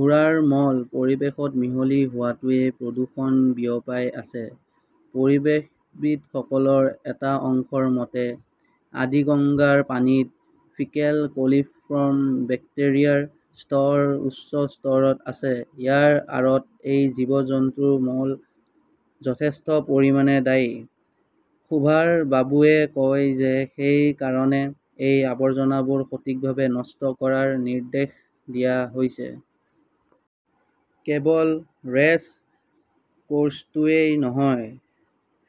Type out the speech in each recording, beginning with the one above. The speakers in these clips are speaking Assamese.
ঘোঁৰাৰ মল পৰিৱেশত মিহলি হোৱাটোৱে প্ৰদূষণ বিয়পাই আছে। পৰিৱেশবিদসকলৰ এটা অংশৰ মতে, আদিগঙ্গাৰ পানীত ফিকেল কলিফৰ্ম বেক্টেৰিয়াৰ স্তৰ উচ্চ স্তৰত আছে। ইয়াৰ আঁৰত এই জীৱ-জন্তুৰ মল যথেষ্ট পৰিমাণে দায়ী। সুভাষ বাবুৱে কয় যে সেই কাৰণে এই আৱৰ্জনাবোৰ সঠিকভাৱে নষ্ট কৰাৰ নিৰ্দেশ দিয়া হৈছে। কেৱল ৰেচ কোৰ্চটোৱেই নহয়,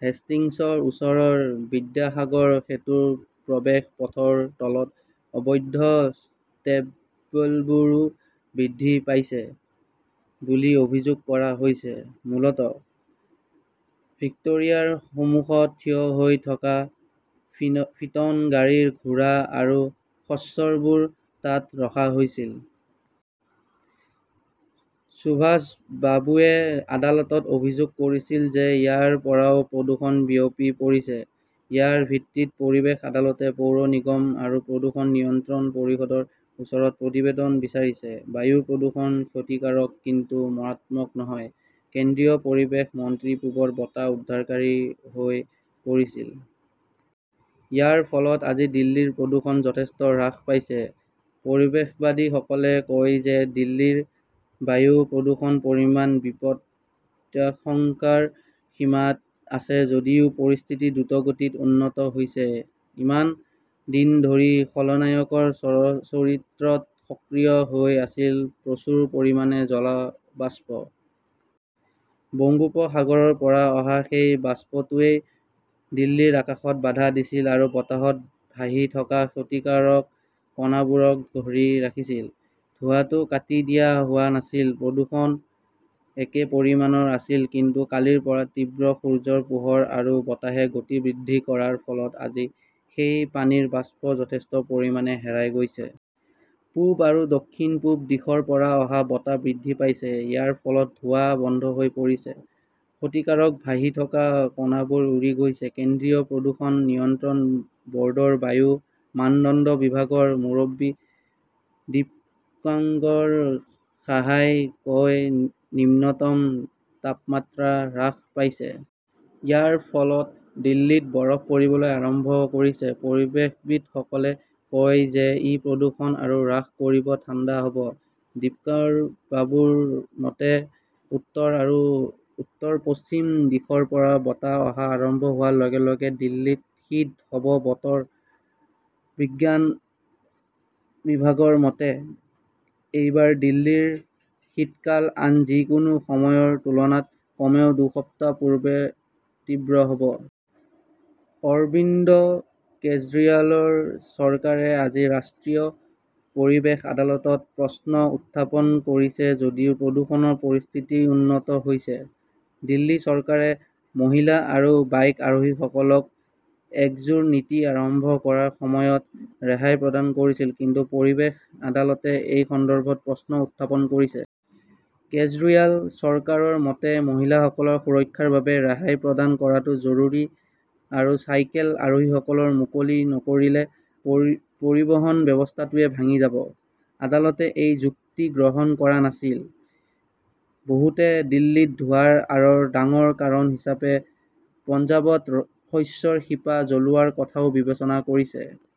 হেষ্টিংছৰ ওচৰৰ বিদ্যাসাগৰ সেতুৰ প্ৰৱেশ পথৰ তলত অবৈধ ষ্টেবলবোৰো বৃদ্ধি পাইছে বুলি অভিযোগ কৰা হৈছে। মূলতঃ ভিক্টোৰিয়াৰ সন্মুখত থিয় হৈ থকা ফিটন গাড়ীৰ ঘোঁৰা আৰু খচ্চৰবোৰ তাত ৰখা হৈছিল। সুভাষ বাবুৱে আদালতত অভিযোগ কৰিছিল যে ইয়াৰ পৰাও প্ৰদূষণ বিয়পি পৰিছে। ইয়াৰ ভিত্তিত পৰিৱেশ আদালতে পৌৰ নিগম আৰু প্ৰদূষণ নিয়ন্ত্ৰণ পৰিষদৰ ওচৰত প্ৰতিবেদন বিচাৰিছে। বায়ু প্ৰদূষণ ক্ষতিকাৰক, কিন্তু মাৰাত্মক নহয়। কেন্দ্ৰীয় পৰিৱেশ মন্ত্ৰী পূবৰ বতাহ উদ্ধাৰকাৰী হৈ পৰিছিল। ইয়াৰ ফলত আজি দিল্লীৰ প্ৰদূষণ যথেষ্ট হ্ৰাস পাইছে। পৰিৱেশবিদসকলে কয় যে দিল্লীৰ বায়ু প্ৰদূষণৰ পৰিমাণ বিপদাশংকাৰ সীমাত আছে যদিও পৰিস্থিতি দ্ৰুতগতিত উন্নত হৈছে। ইমান দিন ধৰি খলনায়কৰ চৰিত্ৰত সক্ৰিয় হৈ আছিল প্ৰচুৰ পৰিমাণে জল বাষ্প। বংগোপসাগৰৰ পৰা অহা সেই বাষ্পটোৱে দিল্লীৰ আকাশত বাধা দিছিল আৰু বতাহত ভাহি থকা ক্ষতিকাৰক কণাবোৰক ধৰি ৰাখিছিল। ধোঁৱাটো কাটি দিয়া হোৱা নাছিল। প্ৰদূষণ একে পৰিমাণৰ আছিল। কিন্তু কালিৰ পৰা তীব্ৰ সূৰ্যৰ পোহৰ আৰু বতাহে গতি বৃদ্ধি কৰাৰ ফলত আজি সেই পানীৰ বাষ্প যথেষ্ট পৰিমাণে হেৰাই গৈছে। পূব আৰু দক্ষিণ-পূব দিশৰ পৰা অহা বতাহ বৃদ্ধি পাইছে। ইয়াৰ ফলত ধোঁৱা বন্ধ হৈ পৰিছে। ক্ষতিকাৰক ভাহি থকা কণাবোৰ উৰি গৈছে। কেন্দ্ৰীয় প্ৰদূষণ নিয়ন্ত্ৰণ বৰ্ডৰ বায়ু মানদণ্ড বিভাগৰ মুৰব্বী দীপঙ্কাৰ সাহাই কয়, নিম্নতম তাপমাত্ৰা হ্ৰাস পাইছে। ইয়াৰ ফলত দিল্লীত বৰফ পৰিবলৈ আৰম্ভ কৰিছে। পৰিৱেশবিদসকলে কয় যে ই প্ৰদূষণ আৰু হ্ৰাস কৰিব, ঠাণ্ডা হব। দীপঙ্কাৰবাবুৰ মতে, উত্তৰ আৰু উত্তৰ-পশ্চিম দিশৰ পৰা বতাহ অহা আৰম্ভ হোৱাৰ লগে-লগে দিল্লীত শীত হব। বতৰ বিজ্ঞান বিভাগৰ মতে, এইবাৰ দিল্লীৰ শীতকাল আন যিকোনো সময়ৰ তুলনাত কমেও দুসপ্তাহ পূৰ্বে তীব্ৰ হব। অৰবিন্দ কেজৰিৱালৰ চৰকাৰে আজি ৰাষ্ট্ৰীয় পৰিৱেশ আদালতত প্ৰশ্ন উত্থাপন কৰিছে যদিও প্ৰদূষণৰ পৰিস্থিতি উন্নত হৈছে। দিল্লী চৰকাৰে মহিলা আৰু বাইক আৰোহীসকলক একজোৰ নীতি আৰম্ভ কৰাৰ সময়ত ৰেহাই প্ৰদান কৰিছিল। কিন্তু পৰিৱেশ আদালতে এই সন্দৰ্ভত প্ৰশ্ন উত্থাপন কৰিছে। কেজৰিৱাল চৰকাৰৰ মতে, মহিলাসকলৰ সুৰক্ষাৰ বাবে ৰেহাই প্ৰদান কৰাটো জৰুৰী আৰু চাইকেল আৰোহীসকলক মুকলি নকৰিলে পৰিবহণ ব্যৱস্থাটোৱেই ভাঙি যাব। আদালতে এই যুক্তি গ্ৰহণ কৰা নাছিল। বহুতে দিল্লীত ধোঁৱাৰ আঁৰৰ ডাঙৰ কাৰণ হিচাপে পঞ্জাৱত শস্যৰ শিপা জ্বলোৱাৰ কথাও বিবেচনা কৰিছে।